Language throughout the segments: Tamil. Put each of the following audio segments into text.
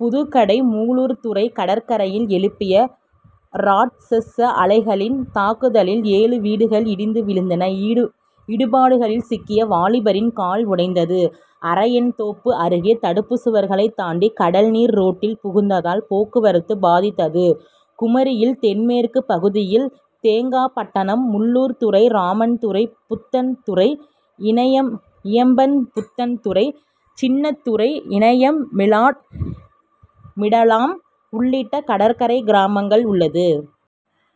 புதுக்கடை முள்ளூர்துறை கடற்கரையில் எழும்பிய ராட்சஸ அலைகளின் தாக்குதலில் ஏழு வீடுகள் இடிந்து விழுந்தது. இடிபாடுகளில் சிக்கிய வாலிபரின் கால் உடைந்தது. அரையன்தோப்பு அருகே தடுப்புச்சுவர்களை தாண்டி கடல்நீர் ரோட்டில் புகுந்ததால் போக்குவரத்து பாதித்தது. குமரியின் தென்மேற்கு பகுதியில் தேங்காப்பட்டணம் முள்ளூர்துறை ராமன்துறை புத்தன்துறை இனயம்புத்தன்துறை சின்னத்துறை இனயம் மிடாலம் உள்ளிட்ட கடற்கரை கிராமங்கள் உள்ளது.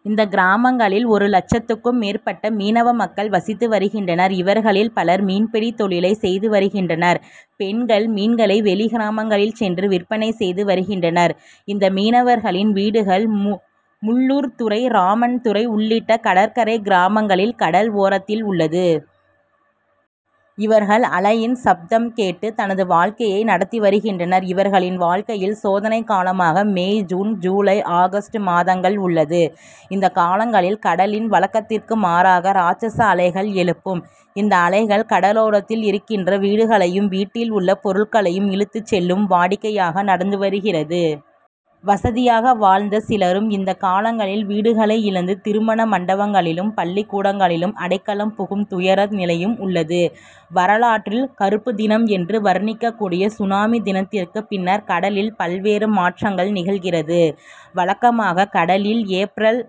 இந்த கிராமங்களில் ஒரு லட்சத்துக்கும் மேற்பட்ட மீனவ மக்கள் வசித்து வருகின்றனர். இவர்களில் பலர் மீன்பிடி தொழிலை செய்து வருகின்றனர். பெண்கள் மீன்களை வெளிக்கிராமங்களில் சென்று விற்பனை செய்து வருகின்றனர். இந்த மீனவர்களின் வீடுகள் முள்ளூர்துறை ராமன்துறை உள்ளிட்ட கடற்கரை கிராமங்களில் கடல் ஓரத்தில் உள்ளது. இவர்கள் அலையின் சப்தம் கேட்டு தான் வாழ்க்கையை நடத்தி வருகின்றனர். இவர்களின் வாழ்க்கையில் சோதனை காலமாக மே ஜூன் ஜூலை ஆகஸ்ட் மாதங்கள் உள்ளது. இந்த காலங்களில் கடலில் வழக்கத்திற்கு மாறாக ராட்சஸ அலைகள் எழுப்பும். இந்த அலைகள் கடலோரத்தில் இருக்கின்ற வீடுகளையும் வீட்டில் உள்ள பொருட்களையும் இழுத்துச் செல்லும் வாடிக்கையாக நடந்து வருகிறது. வசதியாக வாழ்ந்த சிலரும் இந்த காலங்களில் வீடுகளை இழந்து திருமணமண்டபங்களிலும் பள்ளிக்கூடங்களிலும் அடைக்கலம் புகும் துயர நிலையும் உள்ளது. வரலாற்றின் கறுப்புதினம் என்று வர்ணிக்கக்கூடிய சுனாமி தினத்திற்கு பின்னர் கடலில் பல்வேறு மாற்றங்கள் நிகழ்கிறது. வழக்கமாக கடலில் ஏப்பரல்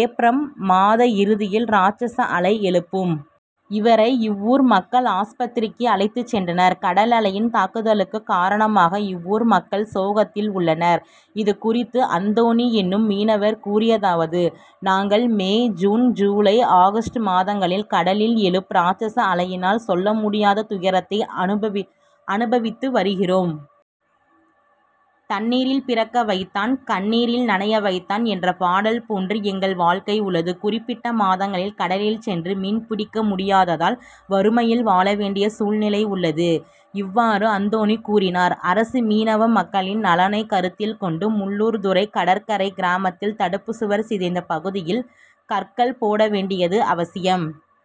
ஏப்ரம் மாத இறுதியில் ராட்சஸ அலை எழும்பும். இவரை இவ்வூர் மக்கள் ஆஸ்பத்திரிக்கு அழைத்து சென்றனர். கடலலையின் தாக்குதலுக்கு காரணமாக இவ்வூர் மக்கள் சோகத்தில் உள்ளனர். இது குறித்து அந்தோணி என்னும் மீனவர் கூறியதாவது நாங்கள் மே ஜூன் ஜூலை ஆகஸ்ட் மாதங்களில் கடலில் எழும்பும் ராட்சஸ அலையினால் சொல்லமுடியாத துயரத்தை அனுபவித்து வருகிறோம். தண்ணீரில் பிறக்க வைத்தான் கண்ணீரில் நனைய வைத்தான்' என்ற பாடல் போன்று எங்கள் வாழ்க்கை உள்ளது. குறிப்பிட்ட மாதங்களில் கடலில் சென்று மீன்பிடிக்க முடியாததால் வறுமையின் வாழவேண்டிய சூழ்நிலை உள்ளது. இவ்வாறு அந்தோணி கூறினார். அரசு மீனவ மக்களின் நலனை கருத்தில் கொண்டு முள்ளூர்துறை கடற்கரை கிராமத்தில் தடுப்புச்சுவர் சிதைந்த பகுதிகளில் கற்கள் போட வேண்டியது அவசியம்.